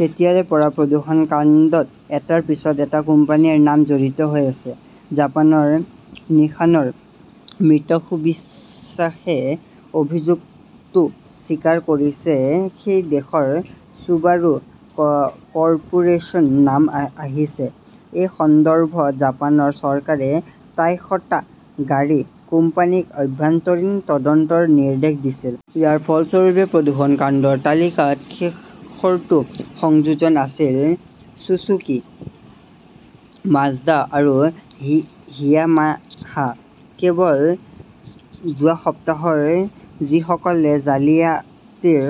তেতিয়াৰ পৰা প্ৰদূষণ কাণ্ডত এটাৰ পিছত এটা কোম্পানীৰ নাম জড়িত হৈ আছে। জাপানৰ নিসানৰ মিত্সুবিছাষে অভিযোগটো স্বীকাৰ কৰিছে। সেই দেশৰ চুবাৰু কৰ্পোৰেচনৰ নাম আহিছে। সেই সন্দৰ্ভত জাপান চৰকাৰে তাইশটা গাড়ী কোম্পানীৰ আভ্যন্তৰীণ তদন্তৰ নিৰ্দেশ দিছিল। ইয়াৰ ফলস্বৰূপে প্ৰদূষণ কাণ্ডৰ তালিকাত শেষৰটো সংযোজন আছিল চুজুকি, মাজদা আৰু ইয়ামাহা। কেৱল যোৱা সপ্তাহত যিসকলে জালিয়াতিৰ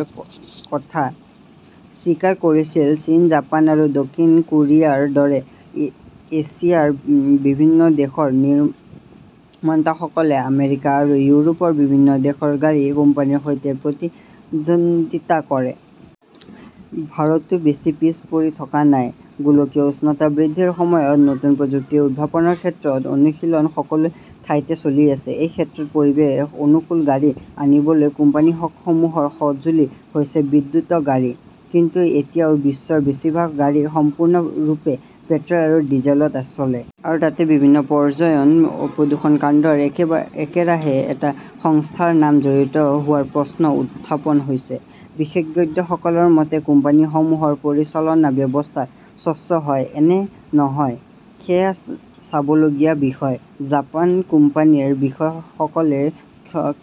কথা স্বীকাৰ কৰিছিল। চীন, জাপান আৰু দক্ষিণ কোৰিয়াৰ দৰে এছিয়াৰ বিভিন্ন দেশৰ নিৰ্মাতাসকলে আমেৰিকা আৰু ইউৰোপৰ বিভিন্ন দেশৰ গাড়ী কোম্পানীৰ সৈতে প্ৰতিদ্বন্দিতা কৰে। ভাৰতো বেছি পিছ পৰি থকা নাই। গোলকীয় উষ্ণতা বৃদ্ধিৰ সময়ত নতুন প্ৰযুক্তি উদ্ভাৱনৰ ক্ষেত্ৰত অনুশীলন সকলো ঠাইতে চলি আছে। সেই ক্ষেত্ৰত পৰিৱেশ অনুকূল গাড়ী আনিবলৈ কোম্পানীসমূহৰ সঁজুলি হৈছে বৈদ্যুতিৰ গাড়ী। কিন্তু এতিয়াও বিশ্বৰ বেছিভাগ গাড়ী সম্পূৰ্ণৰূপে পেট্ৰল বা ডিজেলত চলে। আৰু তাতেই বিভিন্ন পৰ্যয়ন প্ৰদূষণ কাণ্ডত একেৰাহে এটা সংস্থাৰ নাম জড়িত হোৱাৰ প্ৰশ্ন উত্থাপন হৈছে। বিশেষজ্ঞসকলৰ মতে, কোম্পানীসমূহৰ পৰিচালনা ব্যৱস্থা স্বচ্ছ হয় নে নহয় সেয়া চাবলগীয়া বিষয়। জাপান কোম্পানীৰ বিষয়াসকলে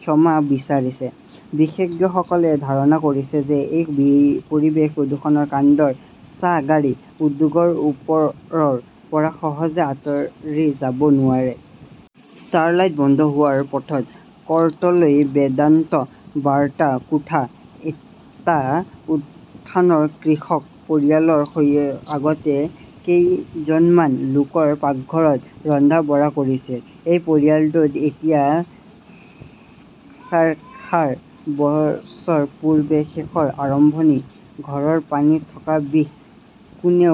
ক্ষমা বিচাৰিছে। বিশেষজ্ঞসকলে ধাৰণা কৰিছে যে, এই পৰিৱেশত প্ৰদূষণ কাণ্ডৰ ছাঁ গাড়ী উদ্যোগৰ ওপৰৰ পৰা সহজে আঁতৰি যাব নোৱাৰে। ষ্টাৰলাইট বন্ধ কৰাৰ পথত ক'ৰ্টলৈ বেদান্ত বাৰটা কোঠা, এটা উঠানৰ কৃষক পৰিয়ালৰ আগতে কেইজনমান লোকৰ পাকঘৰত ৰন্ধা-বঢ়া কৰিছিল। সেই পৰিয়ালটো এতিয়া চাৰখাৰ। বছৰ পূৰ্বে শেষৰ আৰম্ভণি। ঘৰৰ পানীত থকা বিষ কোনেও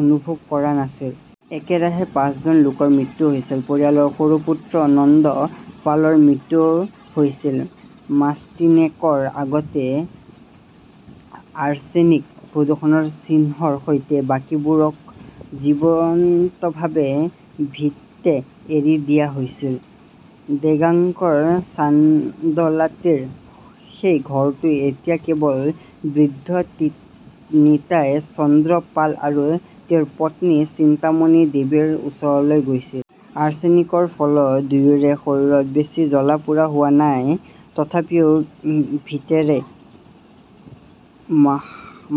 অনুভৱ কৰা নাছিল। একেৰাহে পাঁচজন লোকৰ মৃত্যু হৈছিল। পৰিয়ালৰ সৰু পুত্ৰ নন্দ পালৰ মৃত্যু হৈছিল মাষ্টিনেকৰ আগতে। আৰ্ছেনিক-প্ৰদূষণৰ চিহ্নৰ সৈতে বাকীবোৰক জীৱন্তভাৱে ভিটে এৰি দিয়া হৈছিল। দেগাঙ্গাৰ চান্দলাটিৰ সেই ঘৰটো এতিয়া কেৱল বৃদ্ধ নিতাই চন্দ্ৰ পাল আৰু তেওঁৰ পত্নী চিন্তামণি দেৱীৰ ওচৰলৈ গৈছিল। আৰ্ছেনিকৰ ফলত দুয়োৰে শৰীৰত বেছি জ্বলা-পোৰা হোৱা নাই। তথাপিও ভিটেৰে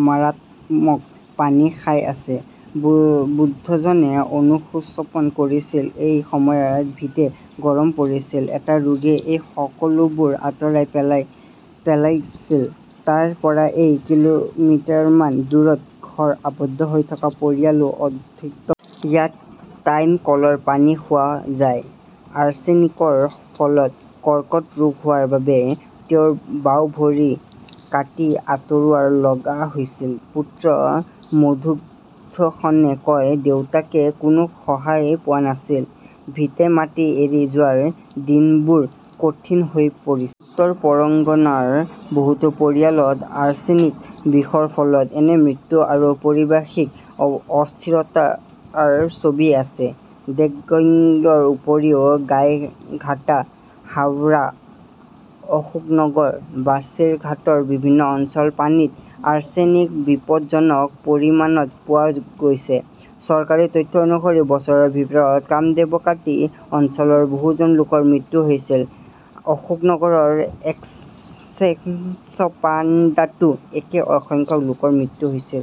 "মাৰাত্মক পানী" খাই আছে। বুদ্ধজনে অনুশোচনক কৰিছিল, "এটা সময়ত ভিটে গৰম কৰিছিল। এটা ৰোগে এই সকলোবোৰ আঁতৰাই পেলাইছিল"। তাৰ পৰা কেই কিলোমিটাৰমান দূৰত ঘৰ আবদ্ধ হৈ থকা পৰিয়ালৰ অদ্বৈ ইয়াত টাইম কলৰ পানী পোৱা যায়। আৰ্ছেনিকৰ ফলত কৰ্কট ৰোগ হোৱাৰ বাবে তেওঁৰ বাওঁ ভৰি কাটি আঁতৰাব লগা হৈছিল। পুত্ৰ মধুসূদনে কয়, "দেউতাকে কোনো সহায় পোৱা নাছিল। ভিটে-মাটি এৰি যোৱাৰ দিনবোৰ কঠিন হৈ পৰিছে"। উত্তৰ পৰগনাৰ বহুতো পৰিয়ালত আৰ্ছেনিক বিষৰ ফলত এনে মৃত্যু আৰু পাৰিবাৰিক অস্থিৰতাৰ ছবি আছে। দেগঙ্গাৰ উপৰিও গাইঘাটা, হাবৰা, অশোকনগৰ, বাছিৰহাটৰ বিভিন্ন অঞ্চলৰ পানীত আৰ্ছেনিক বিপদজ্জনক পৰিমাণত পোৱা গৈছে। চৰকাৰী তথ্য অনুসৰি বছৰৰ ভিতৰত কামদেবকাটি অঞ্চলত বহুজন লোকৰ মৃত্যু হৈছিল। অশোকনগৰৰ এক্সচেঞ্জপাডাতো একে সংখ্যক লোকৰ মৃত্যু হৈছিল।